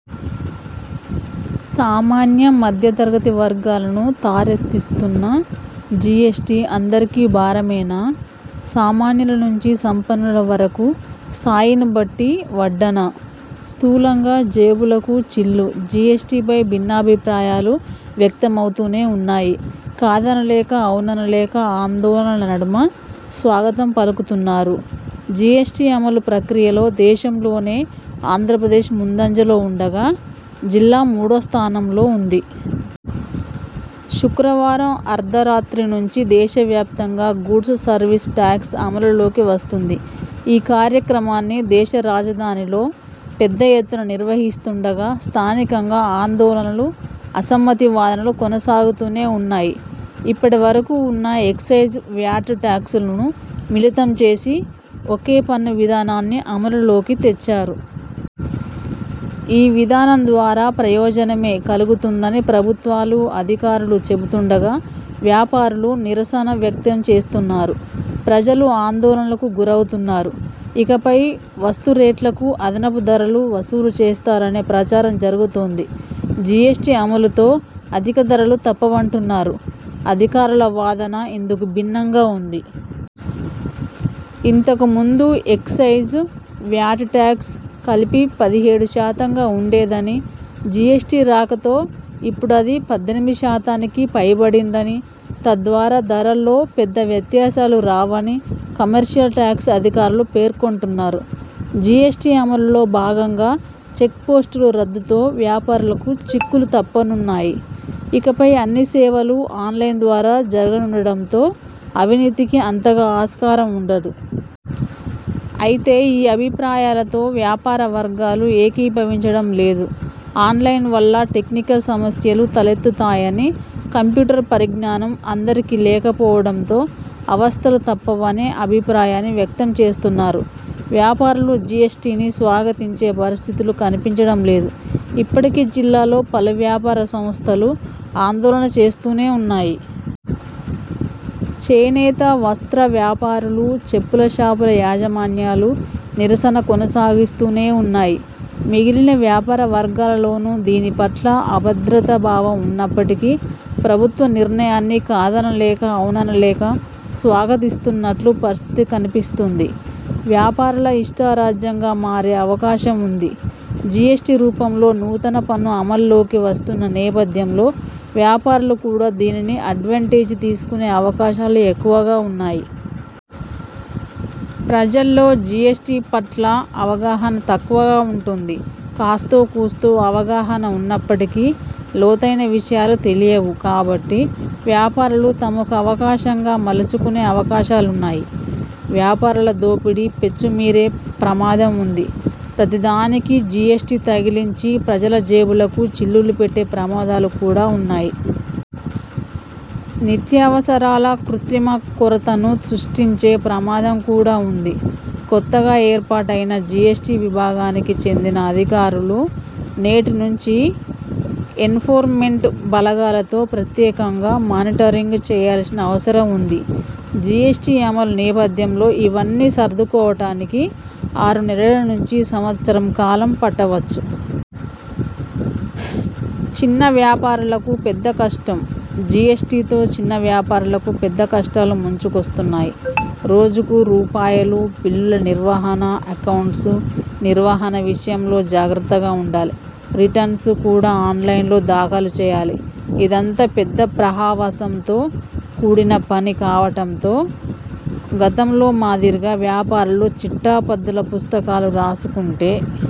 సామాన్య, మధ్య తరగతి వర్గాలను తారెత్తిస్తున్న జీఎస్టీ అందరికీ భారమేనా?! సామాన్యుల నుంచి సంపన్నుల వరకు స్థాయిని బట్టి వడ్డన! స్థూలంగా జేబులకు చిల్లు జీఎస్టీపై భిన్నాభిప్రాయాలు వ్యక్తమవుతూనే ఉన్నాయి. కాదన లేక, ఔనన లేక ఆందోళనల నడుమ స్వాగతం పలుకుతున్నారు. జీఎస్టీ అమలు ప్రక్రియలో దేశంలోనే ఆంధ్రప్రదేశ్ ముందంజలో ఉండగా, జిల్లా మూడో స్థానంలో ఉంది. శుక్రవారం అర్థరాత్రి నుంచి దేశవ్యాప్తంగా గూడ్స్ సర్వీస్ టాక్స్ అమలులోకి వస్తుంది. ఈ కార్యక్రమాన్ని దేశరాజధానిలో పెద్ద ఎత్తున నిర్వహిస్తుండగా, స్థానికంగా ఆందోళనలు, అసమ్మతి వాదనలు కొనసాగుతూనే ఉన్నాయి. ఇప్పటి వరకు ఉన్న ఎక్సైజ్, వ్యాట్ లను మిళితం చేసి ఒకే పన్ను విధానాన్ని అమలులోకి తెచ్చారు. ఈ విధానం ద్వారా ప్రయోజనమే కలుగుతుందని ప్రభుత్వాలు, అధికారులు చెపుతుండగా, వ్యాపారులు నిరసన వ్యక్తం చేస్తున్నారు. ప్రజలు ఆందోళనకు గురవుతున్నారు. ఇకపై వస్తు రేట్లకు అదనపు ధరలు వసూలు చేస్తారనే ప్రచారం జరుగుతోంది. జిఎస్టీ అమలుతో అధిక ధరలు తప్పవంటున్నారు. అధికారుల వాదన ఇందుకు భిన్నంగా ఉంది. ఇంతకు ముందు ఎక్సైజ్, వ్యాట్ టాక్స్ కలిపి పదిహేడు శాతంగా ఉండేదని, జిఎస్టీ రాకతో ఇప్పుడది పద్దెనిమిది శాతానికి పైబడిందని, తద్వారా ధరల్లో పెద్ద వ్యత్యాసాలు రావని కమర్షియల్ టాక్స్ అధికారులు పేర్కొంటున్నారు. జిఎస్టీ అమలులో భాగంగా చెక్పోస్టులు రద్దుతో వ్యాపారులకు చిక్కులు తప్పనున్నాయి. ఇకపై అన్ని సేవలు ఆన్లైన్ ద్వారా జరగనుండడంతో అవినీతికి అంతగా ఆస్కారం ఉండదు. అయితే ఈ అభిప్రాయాలతో వ్యాపార వర్గాలు ఏకీభవించడం లేదు. ఆన్లైన్ వల్ల టెక్నికల్ సమస్యలు తలెత్తుతాయని, కంప్యూటర్ పరిజ్ఞానం అందరికీ లేక పోవడంతో అవస్థలు తప్పవనే అభిప్రాయాన్ని వ్యక్తం చేస్తున్నారు. వ్యాపారులు జీఎస్టీని స్వాగతించే పరిస్థితులు కనిపించడం లేదు. ఇప్పడికి జిల్లాలో పలు వ్యాపార సంస్థలు ఆందోళన చేస్తూనే ఉన్నాయి. చేనేత, వస్త్ర వ్యాపారులు, చెప్పుల షాపుల యాజమాన్యాలు నిరసన కొనసాగిస్తూనే ఉన్నాయి. మిగిలిన వ్యాపార వర్గాలలోను దీని పట్ల అభద్రతా భావం ఉన్నప్పటికీ ప్రభుత్వ నిర్ణయాన్ని కాదనలేక, ఔననలేక స్వాగతిస్తున్నట్లు పరిస్థితి కనిపిస్తోంది. వ్యాపారుల ఇష్టారాజ్యంగా మారే అవకాశం ఉంది జీఎస్టీ రూపంలో నూతన పన్ను అమల్లోకి వస్తున్న నేపథ్యంలో, వ్యాపారులు కూడా దీనిని అడ్వాంటేజీ తీసుకునే అవకాశాలు ఎక్కువగా ఉన్నాయి. ప్రజల్లో జీఎస్టీ పట్ల అవగాహన తక్కువగా ఉంటుంది. కాస్తో, కూస్తో అవగాహన ఉన్నప్పటికీ లోతైన విషయాలు తెలియవు కాబట్టి వ్యాపారులు తమకు అవకాశంగా మలుచుకునే అవకాశాలున్నాయి. వ్యాపారుల దోపిడీ పెచ్చుమీరే ప్రమాదం ఉంది. ప్రతిదానికీ జీఎస్టీ తగిలించి ప్రజల జేబులకు చిల్లులు పెట్టే ప్రమాదాలు కూడా ఉన్నాయి. నిత్యావసరాల కృత్రిమ కొరతను సృష్టించే ప్రమాదం కూడా ఉంది. కొత్తగా ఏర్పాటైన జీఎస్టీ విభాగానికి చెందిన అధికారులు నేటి నుంచి ఎన్ఫోర్మెంట్ బలగాలతో ప్రత్యేకంగా మానిటరింగ్ చేయాల్సిన అవసరం ఉంది. జీఎస్టీ అమలు నేపథ్యంలో, ఇవన్నీ సర్దుకోవటానికి ఆరు నెలల నుంచి సంవత్సరం కాలం పట్టవచ్చు. చిన్న వ్యాపారులకు పెద్ద కష్టం జీఎస్టీతో చిన్న వ్యాపారులకు పెద్ద కష్టాలు ముంచుకొస్తున్నాయి. రోజుకు రూపాయలు. బిల్లుల నిర్వహణ, అక్కౌంట్స్ నిర్వహణ విషయంలో జాగ్రత్తగా ఉండాలి. రిటర్న్స్ కూడా ఆన్లైన్లో దాఖలు చేయాలి. ఇదంతా పెద్ద ప్రహవాసంతో కూడిన పని కావటంతో గతంలో మాదిరిగా వ్యాపారులు చిట్టాపద్దుల పుస్తకాలు రాసుకుంటే